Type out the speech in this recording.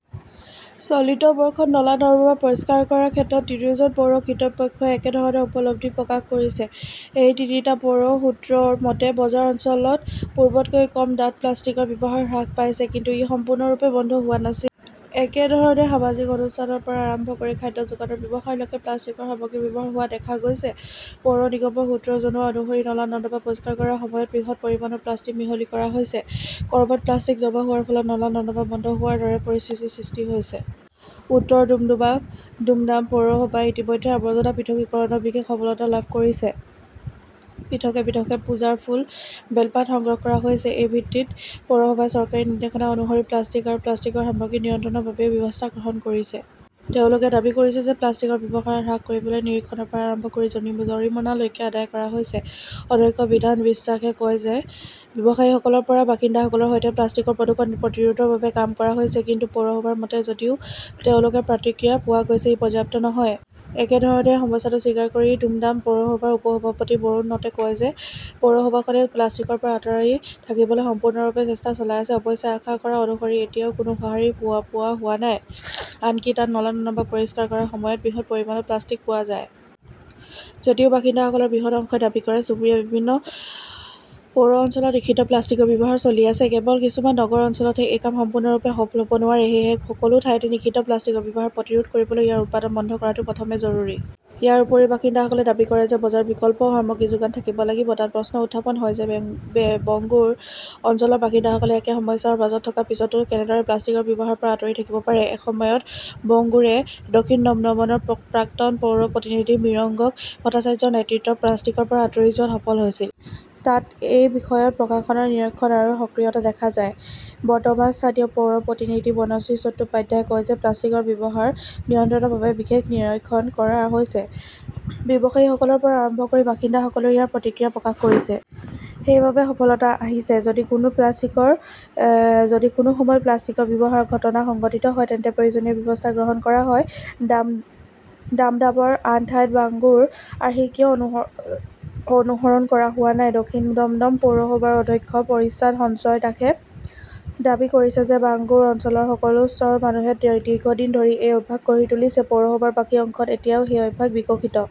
চলিত বৰ্ষত নলা-নৰ্দমা পৰিষ্কাৰ কৰাৰ ক্ষেত্ৰত তিনিওজন পৌৰ কৰ্তৃপক্ষই একেধৰণৰ উপলব্ধি প্ৰকাশ কৰিছে। সেই তিনিটা পৌৰ সূত্ৰৰ মতে, বজাৰ অঞ্চলত পূৰ্বতকৈ কম ডাঠ প্লাষ্টিকৰ ব্যৱহাৰ হ্ৰাস পাইছে। কিন্তু ই সম্পূৰ্ণৰূপে বন্ধ হোৱা নাছিল। একে ধৰণে সামাজিক অনুষ্ঠানৰ পৰা আৰম্ভ কৰি খাদ্য যোগানৰ ব্যৱসায়লৈকে প্লাষ্টিকৰ সামগ্ৰীৰ ব্যৱহাৰ হোৱা দেখা গৈছে। পৌৰ নিগমৰ সূত্ৰই জনোৱা অনুসৰি নলা-নৰ্দমা পৰিষ্কাৰ কৰাৰ সময়ত বৃহৎ পৰিমাণৰ প্লাষ্টিক মিহলি কৰা হৈছে। ক'ৰবাত প্লাষ্টিক জমা হোৱাৰ ফলত নলা-নৰ্দমা বন্ধ হোৱাৰ দৰে পৰিস্থিতিৰ সৃষ্টি হৈছে। উত্তৰ দুমডাম পৌৰসভাই ইতিমধ্যে আৱৰ্জনা পৃথকীকৰণত বিশেষ সফলতা লাভ কৰিছে। পৃথকে পৃথকে পূজাৰ ফুল, বেলপাত সংগ্ৰহ কৰা হৈছে। সেই ভিত্তিত পৌৰসভাই চৰকাৰী নিৰ্দেশনা অনুসৰি প্লাষ্টিক আৰু প্লাষ্টিকৰ সামগ্ৰী নিয়ন্ত্ৰণৰ বাবেও ব্যৱস্থা গ্ৰহণ কৰিছে। তেওঁলোকে দাবী কৰে যে প্লাষ্টিকৰ ব্যৱহাৰ হ্ৰাস কৰিবলৈ নিৰীক্ষণৰ পৰা আৰম্ভ কৰি জৰিমনালৈকে আদায় কৰা হৈছে। অধ্যক্ষ বিধান বিশ্বাসে কয় যে ব্যৱসায়ীসকলৰ পৰা বাসিন্দাসকলৰ সৈতে প্লাষ্টিকৰ প্ৰদূষণ প্ৰতিৰোধৰ বাবে কাম কৰা হৈছে। কিন্তু পৌৰসভাৰ মতে, যদিও তেওঁলোকৰ প্ৰতিক্ৰিয়া পোৱা গৈছে, ই পৰ্যাপ্ত নহয়। একেধৰণে সমস্যাটো স্বীকাৰ কৰি দুমডাম পৌৰসভাৰ উপ-সভাপতি বৰুণ নটে কয় যে পৌৰসভাখনে প্লাষ্টিকৰ পৰা আঁতৰি থাকিবলৈ সম্পূৰ্ণৰূপে চেষ্টা চলাই আছে। অৱশ্যে, আশা কৰা অনুসৰি এতিয়াও কোনো সঁহাৰি পোৱা হোৱা নাই। আনকি তাত নলা-নৰ্দমা পৰিষ্কাৰ কৰাৰ সময়ত বৃহৎ পৰিমাণৰ প্লাষ্টিক পোৱা যায়। যদিও বাসিন্দাসকলৰ বৃহৎ অংশই দাবী কৰে, চুবুৰীয়া বিভিন্ন পৌৰ অঞ্চলত নিষিদ্ধ প্লাষ্টিকৰ ব্যৱহাৰ চলি আছে। কেৱল কিছুমান নগৰ অঞ্চলতহে এই কাম সম্পূৰ্ণৰূপে সফল হ'ব নোৱাৰে। সেয়েহে সকলো ঠাইতে নিষিদ্ধ প্লাষ্টিকৰ ব্যৱহাৰ প্ৰতিৰোধ কৰিবলৈ ইয়াৰ উৎপাদন বন্ধ কৰাটো প্ৰথমে জৰুৰী। ইয়াৰ উপৰিও, বাসিন্দাসকলে দাবী কৰে যে বজাৰত বিকল্প সামগ্ৰীৰ যোগান থাকিব লাগিব। তাত প্ৰশ্ন উত্থাপন হয় যে বংগুৰ অঞ্চলৰ বাসিন্দাসকলে একে সমস্যাৰ মাজত থকাৰ পিছতো কেনেদৰে প্লাষ্টিকৰ ব্যৱহাৰৰ পৰা আঁতৰি থাকিব পাৰে? এসময়ত, বংগুৰে দক্ষিণ দমদমৰ প্ৰাক্তন পৌৰ প্ৰতিনিধি মিৰগংক ভট্টাচাৰ্যৰ নেতৃত্বত প্লাষ্টিকৰ পৰা আঁতৰি যোৱাত সফল হৈছিল। তাত এই বিষয়ত প্ৰশাসনৰ নিৰীক্ষণ আৰু সক্ৰিয়তা দেখা যায়। বৰ্তমান স্থানীয় পৌৰ প্ৰতিনিধি বনশ্ৰী চট্টোপাধ্যায়ই কয় যে প্লাষ্টিকৰ ব্যৱহাৰ নিয়ন্ত্ৰণৰ বাবে বিশেষ নিৰীক্ষণ কৰা হৈছে। ব্যৱসায়ীসকলৰ পৰা আৰম্ভ কৰি বাসিন্দাসকলেও ইয়াৰ প্ৰতিক্ৰিয়া প্ৰকাশ কৰিছে। সেইবাবেই সফলতা আহিছে। যদি কোনো সময়ত প্লাষ্টিকৰ ব্যৱহাৰৰ ঘটনা সংঘটিত হয় তেন্তে প্ৰয়োজনীয় ব্যৱস্থা গ্ৰহণ কৰা হয়। ডামডামৰ আন ঠাইত বাংগুৰ আৰ্হি কিয় অনুসৰণ কৰা হোৱা নাই? দক্ষিণ দমদম পৌৰসভাৰ অধ্যক্ষ পৰিশ্বাদ সঞ্জয় দাসে দাবী কৰে যে বাংগুৰ অঞ্চলৰ সকলো স্তৰৰ মানুহে দীৰ্ঘদিন ধৰি এই অভ্যাস গঢ়ি তুলিছে। পৌৰসভাৰ বাকী অংশত এতিয়াও সেই অভ্যাস বিকশিত।